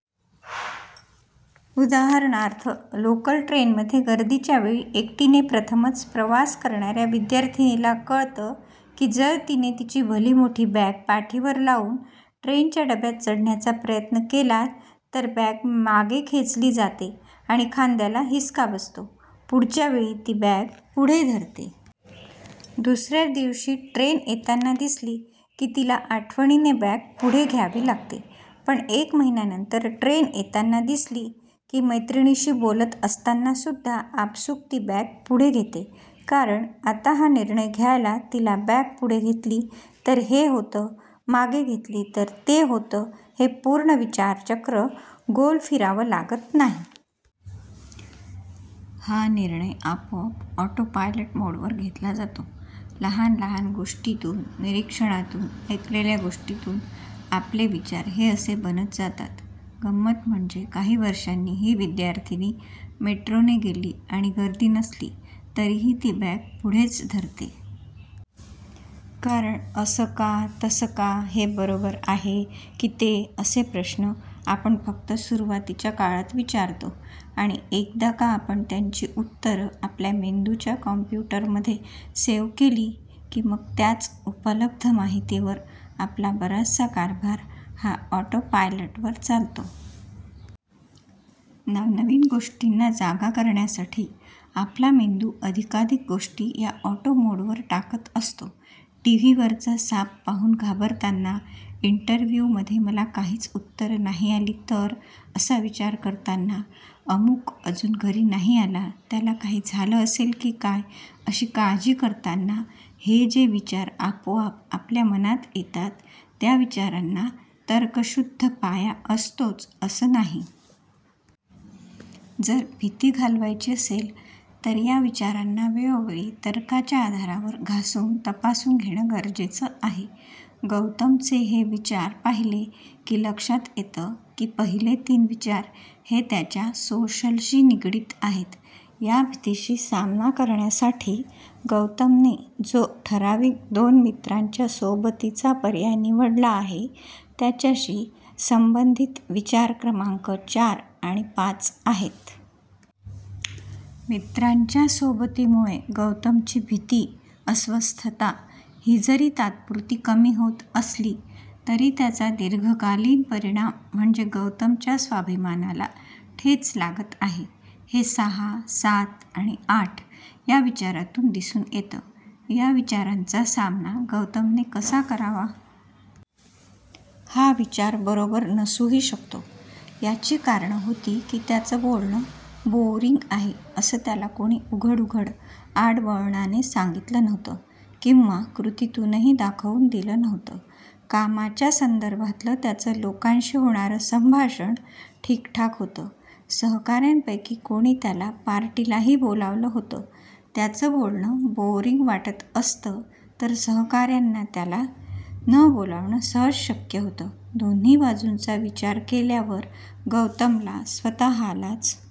उदाहरणार्थ लोकल ट्रेनमध्ये गर्दीच्या वेळी एकटीने प्रथमच प्रवास करणाऱ्या विद्यार्थिनीला कळतं की जर तिने तिची भली मोठी बॅग पाठीवर लावून ट्रेनच्या डब्यात चढण्याचा प्रयत्न केला तर बॅग मागे खेचली जाते आणि खांद्याला हिसका बसतो, पुढच्या वेळी ती बॅग पुढे धरते. दुसऱ्या दिवशी ट्रेन येताना दिसली की तिला आठवणीने बॅग पुढे घ्यावी लागते. पण एक महिन्यानंतर ट्रेन येताना दिसली की मैत्रिणीशी बोलत असतानासुद्धा आपसूक ती बॅग पुढे घेते. कारण आता हा निर्णय घ्यायला तिला, बॅग पुढे घेतली तर हे होतं, मागे घेतली तर ते होतं, हे पूर्ण विचारचक्र गोल फिरावं लागत नाही. हा निर्णय आपोआप ऑटोपायलट मोडवर घेतला जातो. लहान लहान गोष्टींतून, निरीक्षणांतून, ऐकलेल्या गोष्टींतून आपले विचार हे असे बनत जातात. गंमत म्हणजे काही वर्षांनी ही विद्यार्थिनी मेट्रोने गेली आणि गर्दी नसली तरीही ती बॅग पुढेच धरते. कारण, असं का, तसं का, हे बरोबर आहे की ते, असे प्रश्न आपण फक्त सुरुवातीच्या काळात विचारतो आणि एकदा का आपण त्यांची उत्तरं आपल्या मेंदूच्या कॉम्प्युटरमध्ये सेव्ह केली की मग त्याच उपलब्ध माहितिवर आपला बराचसा कारभार हा ऑटोपायलटवर चालतो. नवनवीन गोष्टींना जागा करण्यासाठी आपला मेंदू अधिकाधिक गोष्टी या ऑटो मोडवर टाकत असतो. टीव्हीवरचा साप पाहून घाबरताना, इंटरव्ह्यूमध्ये मला काहीच उत्तरं नाही आली तर, असा विचार करताना, अमूक अजून घरी नाही आला, त्याला काही झालं असेल की काय, अशी काळजी करताना हे जे विचार आपोआप आपल्या मनात येतात त्या विचारांना तर्कशुद्ध पाया असतोच असं नाही. जर भीती घालवायची असेल तर या विचारांना वेळोवेळी तर्काच्या आधारावर घासून, तपासून घेणं गरजेचं आहे. गौतमचे हे विचार पाहिले की लक्षात येतं की पहिले तीन विचार हे त्याच्या सोशलशी निगडीत आहेत. या भीतीशी सामना करण्यासाठी गौतमने जो ठराविक दोन मित्रांच्या सोबतीचा पर्याय निवडला आहे, त्याच्याशी संबंधित विचार क्रमांक चार आणि पाच आहेत. मित्रांच्या सोबतीमुळे गौतमची भीती, अस्वस्थता ही जरी तात्पुरती कमी होत असली तरी त्याचा दीर्घकालीन परिणाम म्हणजे गौतमच्या स्वाभिमानाला ठेच लागत आहे, हे सहा, सात आणि आठ या विचारांतून दिसून येतं. या विचारांचा सामना गौतमने कसा करावा? हा विचार बरोबर नसूही शकतो, याची कारणं होती की त्याचं बोलणं बोअरिंग आहे असं त्याला कोणी उघड उघड, आड वळणाने सांगितलं नव्हतं किंवा कृतीतूनही दाखवून दिलं नव्हतं. कामाच्या संदर्भातलं त्याचं लोकांशी होणारं संभाषण ठीकठाक होतं, सहकाऱ्यांपैकी कोणी त्याला पार्टीलाही बोलावलं होतं, त्याचं बोलणं बोअरिंग वाटत असतं तर सहकाऱ्यांना त्याला न बोलावणं सहज शक्य होतं. दोन्ही बाजूंचा विचार केल्यावर गौतमला स्वतःलाच